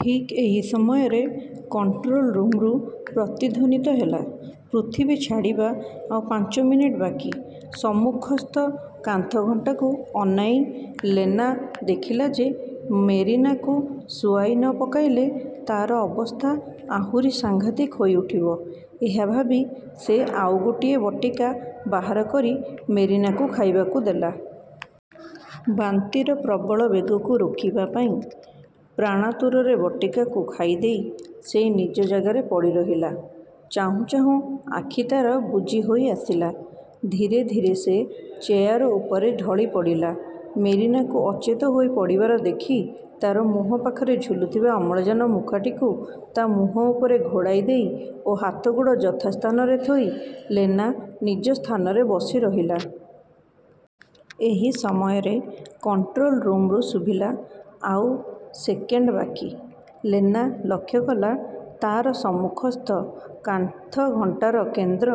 ଠିକ୍ ଏହି ସମୟରେ କଣ୍ଟ୍ରୋଲରୁମ୍ରୁ ପ୍ରତିଧ୍ୱନିତ ହେଲା, ''ପୃଥିବୀ ଛାଡ଼ିବା ଆଉ ପାଞ୍ଚ ମିନିଟ୍ ବାକି-। '' ସମ୍ମୁଖସ୍ଥ କାନ୍ଥ ଘଣ୍ଟାକୁ ଅନାଇ ଲେନା ଦେଖିଲା ଯେ ମେରିନାକୁ ଶୁଆଇ ନ ପକାଇଲେ ତାର ଅବସ୍ଥା ଆହୁରି ସାଙ୍ଘାତିକ ହୋଇଉଠିବ। ଏହାଭାବି ସେ ଆଉ ଗୋଟିଏ ବଟିକା ବାହାର କରି ମେରିନାକୁ ଖାଇବାକୁ ଦେଲା। ବାନ୍ତିର ପ୍ରବଳ ବେଗକୁ ରୋକିବା। ପାଇଁ ପ୍ରାଣାତୁରରେ ବଟିକାକୁ ଖାଇଦେଇ ସେ ନିଜ ଜାଗାରେ ପଡ଼ିରହିଲା। ଚାହୁଁ ଚାହୁଁ ଆଖି ତାର ବୁଜି ହୋଇ ଆସିଲା-। ଧୀରେ ଧୀରେ ସେ ଚେୟାର ଉପରେ ଢଳିପଡ଼ିଲା। ମେରିନାକୁ ଅଚେତ ହୋଇ ପଡ଼ିବାର ଦେଖି ତା'ର ମୁହଁ ପାଖରେ ଝୁଲୁଥିବା ଅମ୍ଳଜାନ ମୁଖାଟିକୁ ତା' ମୁହଁ ଉପରେ ଘୋଡ଼ାଇ ଦେଇ ଓ ହାତ ଗୋଡ଼ ଯଥାସ୍ଥାନରେ ଥୋଇ ଲେନା ନିଜ ସ୍ଥାନରେ ବସିରହିଲା। ଏହି ସମୟରେ କଣ୍ଟ୍ରୋଲ ରୁମ୍ରୁ ଶୁଭିଲା, ''ଆଉ ସେକେଣ୍ଡ ବାକି। '' ଲେନା ଲକ୍ଷ୍ୟ କଲା, ତାର ସମ୍ମୁଖସ୍ଥ କାନ୍ଥଘଣ୍ଟାର କେନ୍ଦ୍ର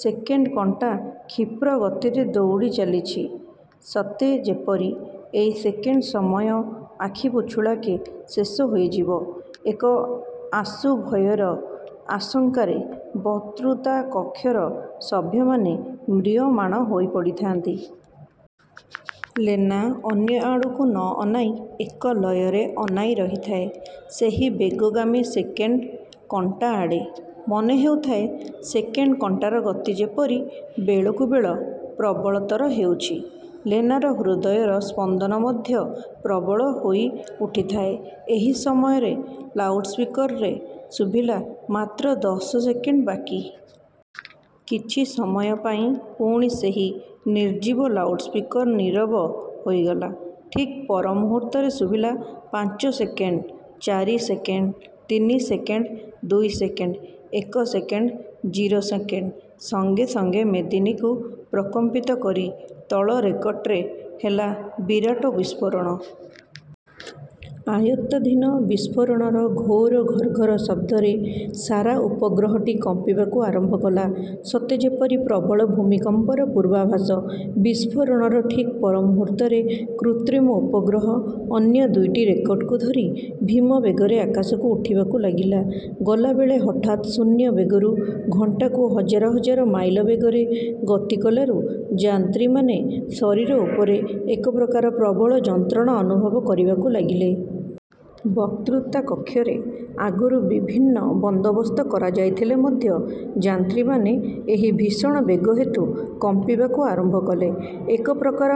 ସେକେଣ୍ଡ କଣ୍ଟା କ୍ଷିପ୍ରଗତିରେ ଦୌଡ଼ିଚାଲିଚି; ସତେ ଯେପରି ଏହି ସେକେଣ୍ଡ ସମୟ ଆଖିପିଛୁଳାକେ ଶେଷ ହୋଇଯିବ। ଏକ ଆଶୁ ଭୟର ଆଶଙ୍କାରେ ବକ୍ତୃତା କକ୍ଷର ସଭ୍ୟମାନେ ମ୍ରିୟମାଣ ହୋଇପଡ଼ଥାନ୍ତି। ଲେନା ଅନ୍ୟ ଆଡ଼କୁ ନ ଅନାଇ ଏକଲୟରେ ଅନାଇ ରହିଥାଏ, ସେହି ବେଗଗାମୀ ସେକେଣ୍ଡ କଣ୍ଟାଆଡ଼େ। ମନେ ହେଉଥାଏ, ସେକେଣ୍ଡ କଣ୍ଟାର ଗତି ଯେପରି ବେଳକୁ ବେଳ ପ୍ରବଳତର ହେଉଛି। ଲେନାର ହୃଦୟର ସ୍ପନ୍ଦନ ମଧ୍ୟ ପ୍ରବଳ ହୋଇଉଠିଥାଏ। ଏହି ସମୟରେ ଲାଉଡ଼୍ସ୍ପିକର୍ରେ ଶୁଭିଲା, ''ମାତ୍ର ଦଶ ସେକେଣ୍ଡ ବାକି। '' କିଛି ସମୟ ପାଇଁ ପୁଣି ସେହି ନିର୍ଜୀବ ଲାଉଡ଼୍ସ୍ପିକର୍ନୀରବ ହୋଇଗଲା। ଠିକ୍ ପରମୁହୂର୍ତ୍ତରେ ଶୁଭିଲା, ''ପାଞ୍ଚ ସେକେଣ୍ଡ, ଚାରି ସେକେଣ୍ଡ, ତିନି ସେକେଣ୍ଡ, ଦୁଇ ସେକେଣ୍ଡ, ଏକ ସେକେଣ୍ଡ, ଜିରୋ ସେକେଣ୍ଡ। '' ସଙ୍ଗେ ସଙ୍ଗେ ମେଦିନୀକୁ ପ୍ରକମ୍ପିତ କରି ତଳ ରକେଟ୍ରେ ହେଲା ବିରାଟ ବିସ୍ଫୋରଣ। ଆୟତ୍ତାଧୀନ ବିସ୍ଫୋରଣର ଘୋର ଘର୍ଘର ଶବ୍ଦରେ ସାରା ଉପଗ୍ରହଟି କମ୍ପିବାକୁ ଆରମ୍ଭ କଲା; ସତେ ଯେପରି ପ୍ରବଳ ଭୂମିକମ୍ପର ପୂର୍ବାଭାସ। ବିସ୍ପୋରଣର ଠିକ୍ ପରମୁହୂର୍ତ୍ତରେ କୃତ୍ରିମ ଉପଗ୍ରହ ଅନ୍ୟ ଦୁଇଟି ରକେଟ୍କୁ ଧରି ଭୀମ ବେଗରେ ଆକାଶକୁ ଉଠିବାକୁ ଲାଗିଲା। ଗଲାବେଳେ ହଠାତ୍ ଶୂନ୍ୟ ବେଗରୁ ଘଣ୍ଟାକୁ ହଜାର ହଜାର ମାଇଲ ବେଗରେ ଗତିକଲାରୁ ଯାନ୍ତ୍ରୀମାନେ ଶରୀର ଉପରେ ଏକପ୍ରକାର ପ୍ରବଳ ଯନ୍ତ୍ରଣା ଅନୁଭବ କରିବାକୁ ଲାଗିଲେ। ବକ୍ତୃତା କକ୍ଷରେ ଆଗରୁ ବିଭିନ୍ନ ବନ୍ଦୋବସ୍ତ କରାଯାଇଥିଲେ ମଧ୍ୟ ଯାନ୍ତ୍ରୀମାନେ ଏହି ଭୀଷଣ ବେଗ ହେତୁ କମ୍ପିବାକୁ ଆରମ୍ଭ କଲେ। ଏକ ପ୍ରକାର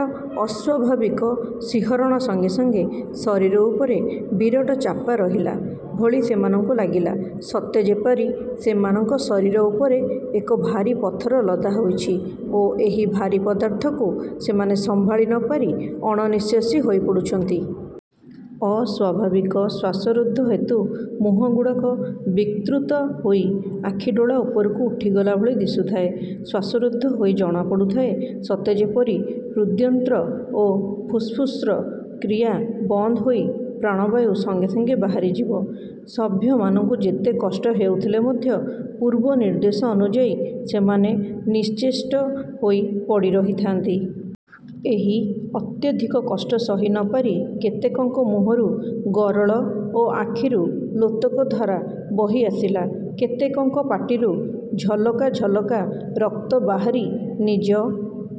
ଅସ୍ୱାଭାବିକ ଶିହରଣ ସଙ୍ଗେ ସଙ୍ଗେ ଶରୀର ଉପରେ ବିରାଟ ଚାପା ରହିଲା ଭଳି ସେମାନଙ୍କୁ ଲାଗିଲା; ସତେ ଯେପରି ସେମାନଙ୍କ ଶରୀର ଉପରେ ଏକ ଭାରୀ ପଥର ଲଦା ହୋଇଛି ଓ ଏହି ଭାରୀ ପଦାର୍ଥକୁ ସେମାନେ ସମ୍ଭାଳି ନପାରି ଅଣନିଶ୍ୱାସୀ ହୋଇପଡ଼ୁଛନ୍ତି। ଅସ୍ୱାଭାବିକ ଶ୍ୱାସରୁଦ୍ଧ ହେତୁ ମୁହଁଗୁଡ଼ାକ ବିକ୍ତୃତ ହୋଇ ଆଖିଡୋଳା ଉପରକୁ ଉଠିଗଲା ଭଳି ଦିଶୁଥାଏ। ଶ୍ୱାସରୁଦ୍ଧ ହୋଇ ଜଣାପଡ଼ୁଥାଏ ସତେ ଯେପରି ହୃଦ୍ଯନ୍ତ୍ର ଓ ଫୁସ୍ଫୁସ୍ର କ୍ରିୟା ବନ୍ଦ ହୋଇ ପ୍ରାଣବାୟୁ ସଙ୍ଗେ ସଙ୍ଗେ ବାହାରିଯିବ। ସଭ୍ୟମାନଙ୍କୁ ଯେତେ କଷ୍ଟ ହେଉଥିଲେ ମଧ୍ୟ ପୂର୍ବ ନିର୍ଦ୍ଦେଶ ଅନୁଯାୟୀ ସେମାନେ ନିଶ୍ଚେଷ୍ଟ ହୋଇ ପଡ଼ିରହିଥାନ୍ତି। ଏହି ଅତ୍ୟଧିକ କଷ୍ଟ ସହି ନପାରି କେତେକଙ୍କ ମୁହଁରୁ ଗରଳ ଓ ଆଖିରୁ ଲୋତକଧାରା ବହିଆସିଲା। କେତେକଙ୍କ ପାଟିରୁ ଝଲକା ଝଲକା ରକ୍ତ ବାହାରି ନିଜ